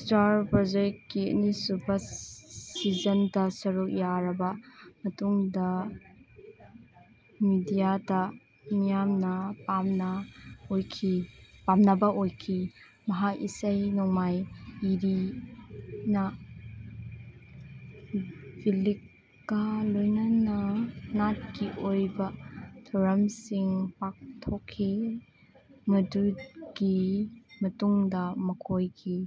Stars" ꯄ꯭ꯔꯣꯖꯦꯛꯀꯤ ꯑꯅꯤꯁꯨꯕ ꯁꯤꯖꯟꯗꯥ ꯁꯔꯨꯛ ꯌꯥꯔꯕ ꯃꯇꯨꯡꯗ ꯃꯤꯗꯤꯌꯥꯗꯥ ꯃꯤꯌꯥꯝꯅ ꯄꯥꯝꯅꯕ ꯑꯣꯏꯈꯤ꯫ ꯃꯍꯥꯛ ꯏꯁꯩ ꯅꯣꯡꯃꯥꯏ ꯏꯔꯤꯅꯥ ꯕꯤꯂꯤꯛꯀꯥ ꯂꯣꯏꯅꯅꯥ ꯅꯥꯠꯀꯤ ꯑꯣꯏꯕ ꯊꯧꯔꯝꯁꯤꯡ ꯄꯥꯡꯊꯣꯛꯈꯤ꯫ ꯃꯗꯨꯒꯤ ꯃꯇꯨꯡꯗ ꯃꯈꯣꯏꯒꯤ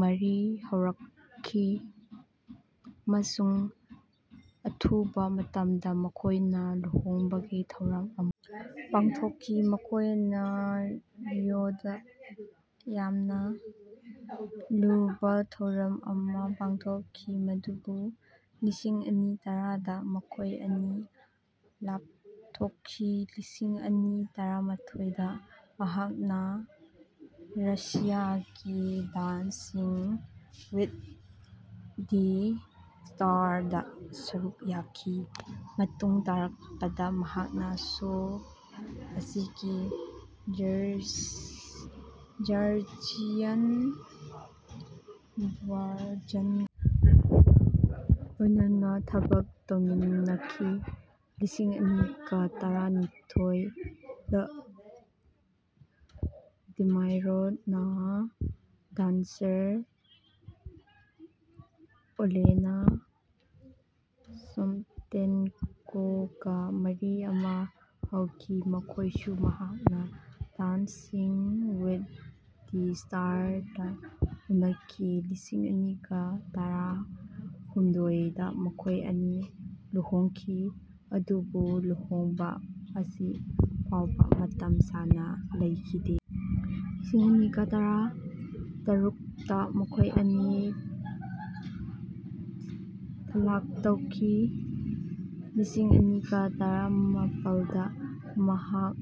ꯃꯔꯤ ꯍꯧꯔꯛꯈꯤ, ꯑꯃꯁꯨꯡ ꯑꯊꯨꯕ ꯃꯇꯝꯗ ꯃꯈꯣꯏꯅ ꯂꯨꯍꯣꯡꯕꯒꯤ ꯊꯧꯔꯝ ꯑꯃ ꯄꯥꯡꯊꯣꯛꯈꯤ, ꯃꯈꯣꯏꯅ ꯔꯤꯑꯣꯗꯥ ꯌꯥꯝꯅ ꯂꯨꯕꯥ ꯊꯧꯔꯝ ꯑꯃ ꯄꯥꯡꯊꯣꯛꯈꯤ꯫ ꯑꯗꯨꯕꯨ ꯂꯤꯁꯤꯡ ꯑꯅꯤ ꯇꯔꯥꯗ ꯃꯈꯣꯏ ꯑꯅꯤ ꯂꯥꯞꯊꯣꯛꯈꯤ꯫ ꯂꯤꯁꯤꯡ ꯑꯅꯤ ꯇꯔꯥꯃꯥꯊꯣꯏꯗꯥ ꯃꯍꯥꯛꯅ ꯔꯁꯤꯌꯥꯒꯤ "ꯗꯥꯟꯁꯤꯡ ꯋꯤꯠ ꯗꯤ ꯁ꯭ꯇꯥꯔꯁ"ꯗꯥ ꯁꯔꯨꯛ ꯌꯥꯈꯤ꯫ ꯃꯇꯨꯡ ꯇꯥꯔꯛꯄꯗꯥ ꯃꯍꯥꯛꯅ ꯁꯣ ꯑꯁꯤꯒꯤ ꯖꯔꯖꯤꯌꯥꯟ ꯚꯔꯖꯟ ꯂꯣꯏꯅꯅꯥ ꯊꯕꯛ ꯇꯧꯃꯤꯟꯅꯈꯤ꯫ ꯂꯤꯁꯤꯡ ꯑꯅꯤꯒꯥ ꯇꯔꯥꯅꯤꯊꯣꯏꯗꯥ ꯗꯤꯃꯥꯏꯠꯔꯣꯅꯥ ꯗꯥꯟꯁꯥꯔ ꯑꯣꯂꯦꯅꯥ ꯁꯣꯞꯇꯦꯟꯀꯣꯒꯥ ꯃꯔꯤ ꯑꯃ ꯍꯧꯈꯤ, ꯃꯈꯣꯏꯁꯨ ꯃꯍꯥꯛꯅ ꯗꯥꯟꯁꯤꯡ ꯋꯤꯠ ꯗꯤ ꯁ꯭ꯇꯥꯔꯁꯇꯥ ꯎꯅꯈꯤ꯫ ꯂꯤꯁꯤꯡ ꯑꯅꯤꯒ ꯇꯔꯥꯍꯨꯝꯗꯣꯏꯗꯥ ꯃꯈꯣꯏ ꯑꯅꯤ ꯂꯨꯍꯣꯡꯈꯤ꯫ ꯑꯗꯨꯕꯨ ꯂꯨꯍꯣꯡꯕ ꯑꯁꯤ ꯐꯥꯎꯕ ꯃꯇꯝ ꯁꯥꯡꯅ ꯂꯩꯈꯤꯗꯦ ꯂꯤꯁꯤꯡ ꯑꯅꯤꯒ ꯇꯔꯥꯇꯔꯨꯛꯇꯥ ꯃꯈꯣꯏ ꯑꯅꯤ ꯇꯂꯥꯛ ꯇꯧꯈꯤ꯫ ꯂꯤꯁꯤꯡ ꯑꯅꯤꯒ ꯇꯔꯥꯃꯥꯄꯜꯗꯥ ꯃꯍꯥꯛ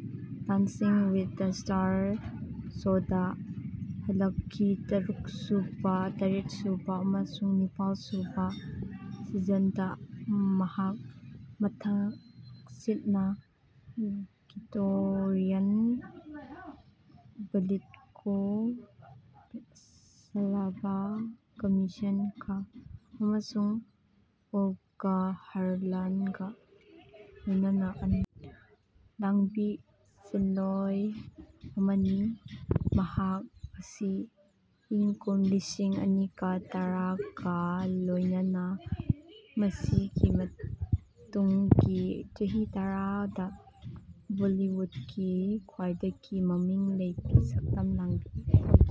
"ꯗꯥꯟꯁꯤꯡ ꯋꯤꯠ ꯗ ꯁ꯭ꯇꯥꯔꯁ" ꯁꯣꯗꯥ ꯍꯜꯂꯛꯈꯤ꯫ ꯇꯔꯨꯛꯁꯨꯕꯥ, ꯇꯔꯦꯠꯁꯨꯕꯥ ꯑꯃꯁꯨꯡ ꯅꯤꯄꯥꯜꯁꯨꯕꯥ ꯁꯤꯖꯟꯗꯥ ꯃꯍꯥꯛ ꯃꯊꯪꯁꯤꯠꯅꯥ ꯚꯤꯛꯇꯣꯔꯤꯌꯥ ꯕꯨꯂꯤꯠꯀꯣ, ꯁ꯭ꯂꯥꯚꯥ ꯀꯥꯃꯤꯟꯁ꯭ꯀꯥ ꯑꯃꯁꯨꯡ ꯑꯣꯜꯒꯥ ꯍꯥꯔꯂꯥꯟꯒꯥ ꯂꯣꯏꯅꯅꯥ ꯑꯅꯤꯅ ꯂꯥꯡꯕꯤ ꯁꯤꯟꯂꯣꯢ ꯑꯃꯅꯤ꯫ ꯃꯍꯥꯛ ꯑꯁꯤ ꯏꯪ ꯀꯨꯝ ꯂꯤꯁꯤꯡ ꯑꯅꯤꯒ ꯇꯔꯥꯒ ꯂꯣꯢꯅꯅ ꯃꯁꯤꯒꯤ ꯃꯇꯨꯡꯒꯤ ꯆꯍꯤ ꯇꯔꯥ ꯗ ꯕꯣꯜꯂꯤꯋꯨꯠꯀꯤ ꯈ꯭ꯋꯥꯢꯗꯒꯤ ꯃꯃꯤꯡ ꯂꯩꯕꯤ ꯁꯛꯇꯝ ꯂꯥꯡꯕꯤ ꯫